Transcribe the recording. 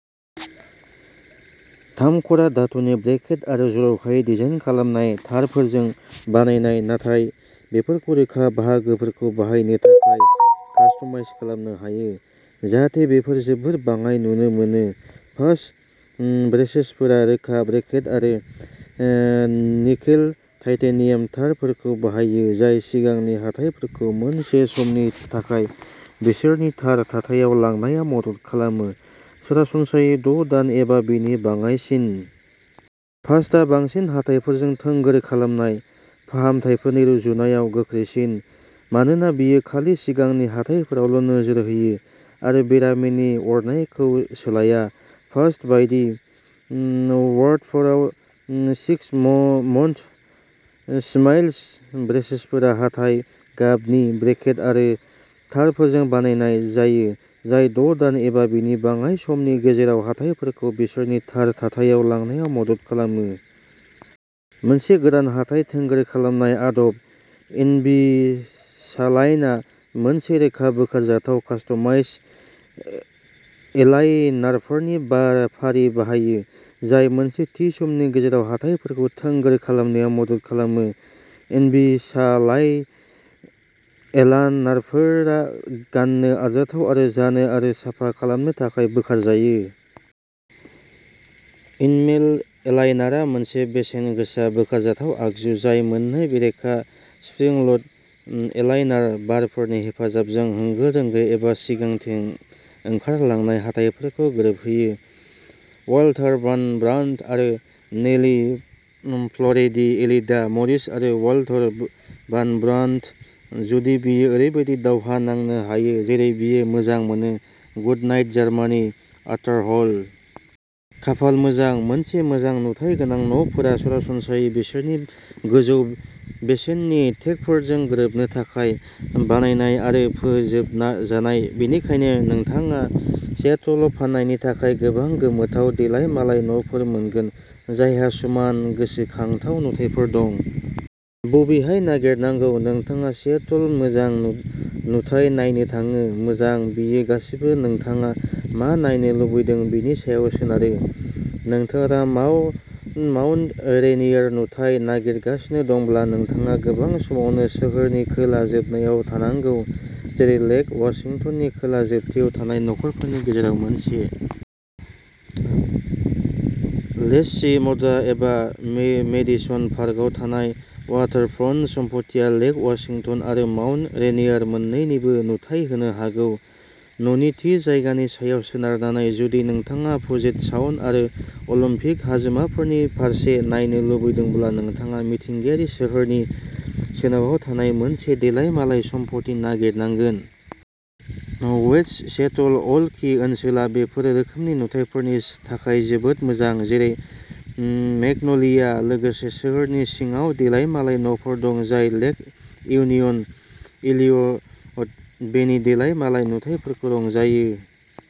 थामख'रा धातुनि ब्रेकेट आरो जर'खायै डिजाइन खालामनाय तारफोरजों बानायनाय, नाथाय बेफोरखौ रोखा बाहागोफोरखौ बाहायनो थाखाय कास्टमाइज खालामनो हायो, जाहाथे बेफोर जोबोद बाङाइ नुनो मोनो। फास्ट ब्रेसेसफोरा रोखा ब्रेकेट आरो ओ निकेल-टाइटेनियाम तारफोरखौ बाहायो, जाय सिगांनि हाथायफोरखौ मोनसे समनि थाखाय बिसोरनि थार थाथायाव लांनायाव मदद खालामो सरासनस्रायै द' दान एबा बेनि बाङाइसिन। फास्टआ बांसिन हाथायफोरखौ थोंगोर खालामनाय फाहामथायफोरनि रुजुनायाव गोख्रैसिन मानोना बेयो खालि सिगांनि हाथायफोरावल'नोजोर होयो आरो बेरामिनि अरनायखौ सोलाया। फास्ट बायदि, अवाटफ'र्डआव सिक्स मन्थ स्माइल्स ब्रेसेसफोरा हाथाय गाबनि ब्रेकेट आरो तारफोरजों बानायनाय जायो, जाय द' दान एबा बेनि बाङाइ समनि गेजेराव हाथायफोरखौ बिसोरनि थार थाथायाव लांनायाव मदद खालामो। मोनसे गोदान हाथाय थोंगोर खालामनाय आदब, इनभिसालाइनआ मोनसे रोखा, बोखारजाथाव, कास्टमाइज्ड एलाइनारफोरनि बा फारि बाहायो, जाय मोनसे थि समनि गेजेराव हाथायफोरखौ थोंगोर खालामनायाव मदद खालामो। इनभिसालाइन एलाइनारफोरा गाननो आरजाथाव आरो जानो आरो साफा खालामनो थाखाय बोखारजायो। इनमेल एलाइनारआ मोनसे बेसेन-गोसा। बोखारजाथाव आगजु जाय मोननै बेरेखा स्प्रिं-ल'ड एलाइनार बारफोरनि हेफाजाबजों होंगो-दोंगो एबा सिगांथिं ओंखारलांनाय हाथायफोरखौ गोरोबहोयो। अवाल्टार भान ब्रान्ट आरो नेलि फ्ल'रेडे। एलिडा मरिस आरो वाल्टार भान ब्रान्ट। जुदि बियो ओरैबायदि दावहा नांनो हायो जेरै बियो मोजां मोनो, गुडनाइट जार्मानि आर्थार हल। खाफाल मोजां, मोनसे मोजां नुथाय गोनां न'फोरा सरासनस्रायै बिसोरनि गोजौ बेसेननि टेगफोरजों गोरोबनो थाखाय बानायनाय आरो फोजोबजानाय, बेनिखायनो नोंथाङा सियाटलआव फाननायनि थाखाय गोबां गोमोथाव देलाय मालाय न'फोर मोनगोन जायहा समान गोसोखांथाव नुथायफोर दं। बबेहाय नागिरनांगौ? नोंथाङा सियाटलाव मोजां नुथाय नायनो थाङो? मोजां, बेयो गासिबो नोंथाङा मा नायनो लुबैदों बेनि सायाव सोनारो। नोंथाङा माउट माउन्ट रेइनियार नुथाय नागिरगासिनो दंब्ला, नोंथाङा गोबां समावनो सोहोरनि खोला जोबनायाव थानांगौ, जेरै लेक अवाशिंटननि खोला जोबथियाव थानाय न'खरफोरनि गेजेराव मोनसे। लेसचि, माद्र'ना, एबा मेडिसन पार्कआव थानाय अवाटारफ्रन्ट सम्पथिया लेक अवाशिंटन आरो माउन्ट रेइनियार मोननैनिबो नुथाय होनो हागौ, न'नि थि जायगानि सायाव सोनारनानै। जुदि नोंथाङा पुजेट साउन्ड आरो अलिम्पिक हाजोमाफोरनि फारसे नायनो लुबैदोंब्ला, नोंथाङा मिथिंगायारियै सोहोरनि सोनाबाव थानाय मोनसे देलाय मालाय सम्पथि नागिरनांगोन। अवेस्ट सियाटल अल्कि ओनसोला बेफोर रोखोमनि नुथायफोरनि थाखाय जोबोद मोजां, जेरै मेग्न'लिया। लोगोसे, सोहोरनि सिङाव देलायमालाय न'फोर दं जाय लेक इउनियन इलियट बेनि देलाय मालाय नुथायफोरखौ रंजायो।